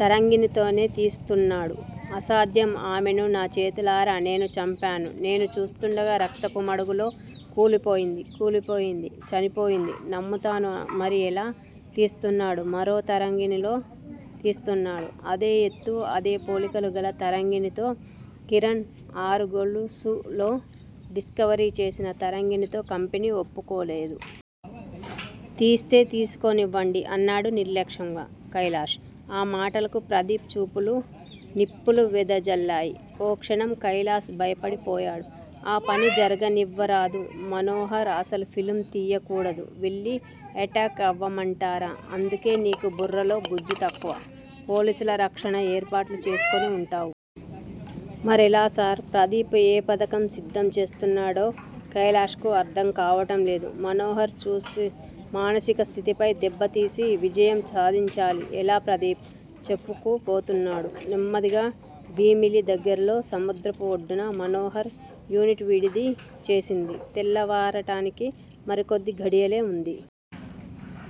తరంగణితోనే తీస్తున్నాడు. అసాధ్యం ఆమెను నా చేతులారా నేను చంపాను. నేను చూస్తుండగా రక్తపు మడుగులో కూలిపోయింది. కూలిపోయింది, చనిపోయింది, నమ్ముతాను మరి ఎలా తీస్తున్నాడు? మరో తరంగణితో తీస్తున్నాడు. అదే ఎత్తు అదే పోలికలు గల తరంగణితో, కిరణ్ ఆరుగొలుసులతో డిస్కవరీ చేసిన తరంగణితో కంపెనీ ఒప్పుకోదు. తీస్తే తీసుకోనివ్వండి అన్నాడు నిర్లక్ష్యంగా కైలాష్. ఆ మాటలకు ప్రదీప్ చూపులు నిప్పులు వెదజల్లాయి. ఓ క్షణం కైలాష్ భయపడిపోయాడు. ఆ పని జరుగనివ్వరాదు. మనోహర్ అసలు ఫిల్మ్ తీయకూడదు. వెళ్ళి ఎటాక్ అవ్వమంటారా? అందుకే నీకు బుర్రలో గుజ్జు తక్కువ. పోలీసుల రక్షణ ఏర్పాట్లు చేసుకొని వుంటావు మరెలా సార్? ప్రదీప్ ఏ పథకం సిద్దం చేస్తున్నాడో కైలాష్ కు అర్ధం కావటం లేదు. మనోహర్ మానసిక స్థితిపై దెబ్బతీసి విజయం సాధించాలి. ఎలా? ప్రదీప్ చెప్పుకుపోతున్నాడు నెమ్మదిగా. భీమిలి దగ్గరలో సముద్రపు ఒడ్డున మనోహర్ యూనిట్ విడిది చేసింది. తెల్లవారటానికి మరికొద్ది ఘడియలే వుంది.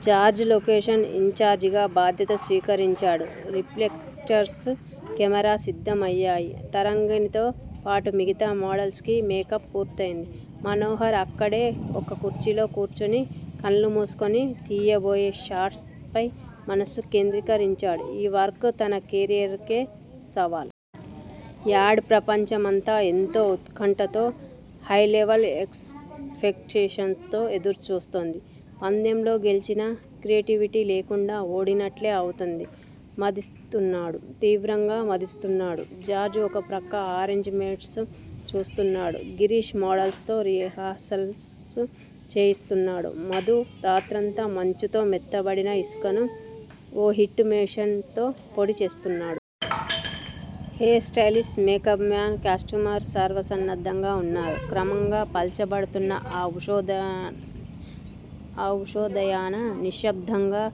జార్జ్ లొకేషన్ ఇన్ చార్జిగా బాధ్యత స్వీకరించాడు. రిఫ్లెక్టర్స్, కెమేరా సిద్దం అయ్యాయి. తరంగణితో పాటు మిగతా మోడల్స్ కి మేకప్ పూర్తయింది. మనోహర్ అక్కడే ఒక కుర్చీలో కూర్చుని కళ్ళు మూసుకొని తీయబోయే షాట్స్ పై మనస్సు కేంద్రీకరించాడు. ఈ వర్క్ తన కేరియర్ కే సవాల్. యాడ్ ప్రపంచం అంతా ఎంతో ఉత్కంఠతో, హై లెవెల్ ఎక్స్ పెక్టేషన్స్ తో ఎదురుచూస్తోంది. పందెంలో గెల్చినా క్రియేటివిటీ లేకుండా ఓడినట్లే అవుతుంది. మధిస్తున్నాడు తీవ్రంగా మధిస్తున్నాడు. జార్జ్ ఒక ప్రక్క అరేంజ్ మెంట్స్ చూస్తున్నాడు. గిరీష్ మోడల్స్ తో రిహార్సల్స్ చేయిస్తున్నాడు. మధు రాత్రంతా మంచుతో మెత్తబడిన ఇసుకను ఓ హీట్ మెషిన్ తో పొడి చేస్తున్నాడు. Hair stylist, makeup man, costumer సర్వసన్నద్దంగా ఉన్నారు. క్రమంగా పల్చబడుతున్న ఆ ఉషోదయాన నిశ్శబ్ధంగా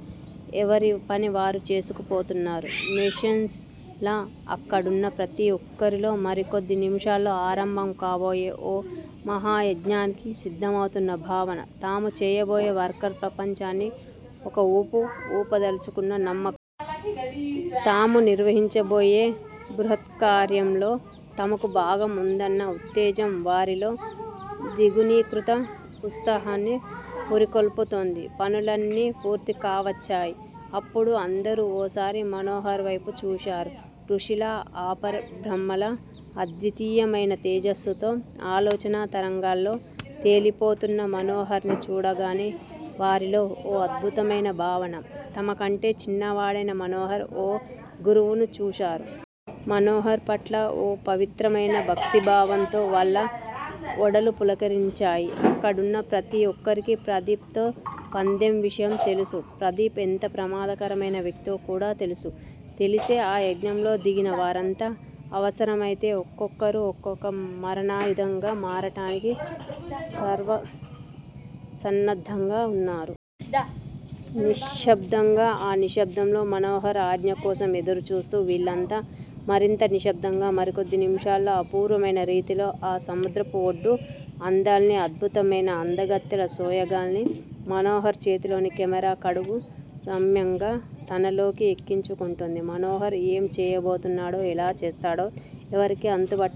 ఎవరిపని వారు చేసుకుపోతున్నారు మెషిన్స్ లా అక్కడున్న ప్రతి ఒక్కరిలో మరికొద్ది నిముషాల్లో ఆరంభం కాబోయే ఒ మహాయజ్ఞానికి సిద్దమవుతున్న భావన. తాము చేయబోయే వర్కర్ ప్రపంచాన్ని ఒక ఊపు ఊపగలుచుకున్న నమ్మకం. తాము నిర్వహించబోయే బృహత్కార్యంలో తమకు భాగం ఉందన్న ఉత్తేజం వారిలో ద్విగుణీకృత ఉత్సాహాన్ని పురిగొల్పుతోంది. పనులన్నీ పూర్తి కావచ్చాయి. అప్పుడు అందరూ ఓసారి మనోహర్ వైపు చూశారు. ఋషిలా, అపరబ్రహ్మలా, అద్వితీయమైన తేజస్సుతో ఆలోచనా తరంగాల్లో తేలిపోతున్న మనోహర్ ని చూడగానే వారిలో ఓ అద్భుతమైన భావన-తమ కంటే చిన్నవాడైన మనోహర్ లో ఒక గురువును చూశారు. మనోహర్ పట్ల ఓ పవిత్రమైన భక్తిభావంతో వాళ్ళ ఒడలు పులకరించాయి. అక్కడున్న ప్రతి ఒక్కరికి ప్రదీప్ తో పందెం విషయం తెలుసు__ప్రదీప్ ఎంత ప్రమాదకరమైన వ్యక్తో కూడా తెలుసు. తెలిసే ఆ యజ్ఞంలో దిగిన వారంతా అవసరం అయితే ఒక్కొక్కరు ఒక్కో మారణాయుధంగా మారటానికి సర్వసన్నద్దంగా వున్నారు. నిశ్శబ్దంగా ఆ నిశ్శబ్దంలో మనోహర్ ఆజ్ఞకోసం ఎదురు చూస్తూ వీళ్ళంతా మరింత నిశ్శబ్దంగా. మరికొద్ది నిముషాల్లో అపూర్వమైన రీతిలో ఆ సముద్రపు ఒడ్డు అందాల్ని, అద్భుతమైన అందగత్తెల సోయగాల్ని మనోహర్ చేతిలోని కెమేరా కడు రమ్యంగా తనలోకి ఎక్కించుకుంటుంది. మనోహర్ ఏం చేయబోతున్నాడో ఎలా చేస్తాడో ఎవరికీ అంతుబట్టడంలేదు.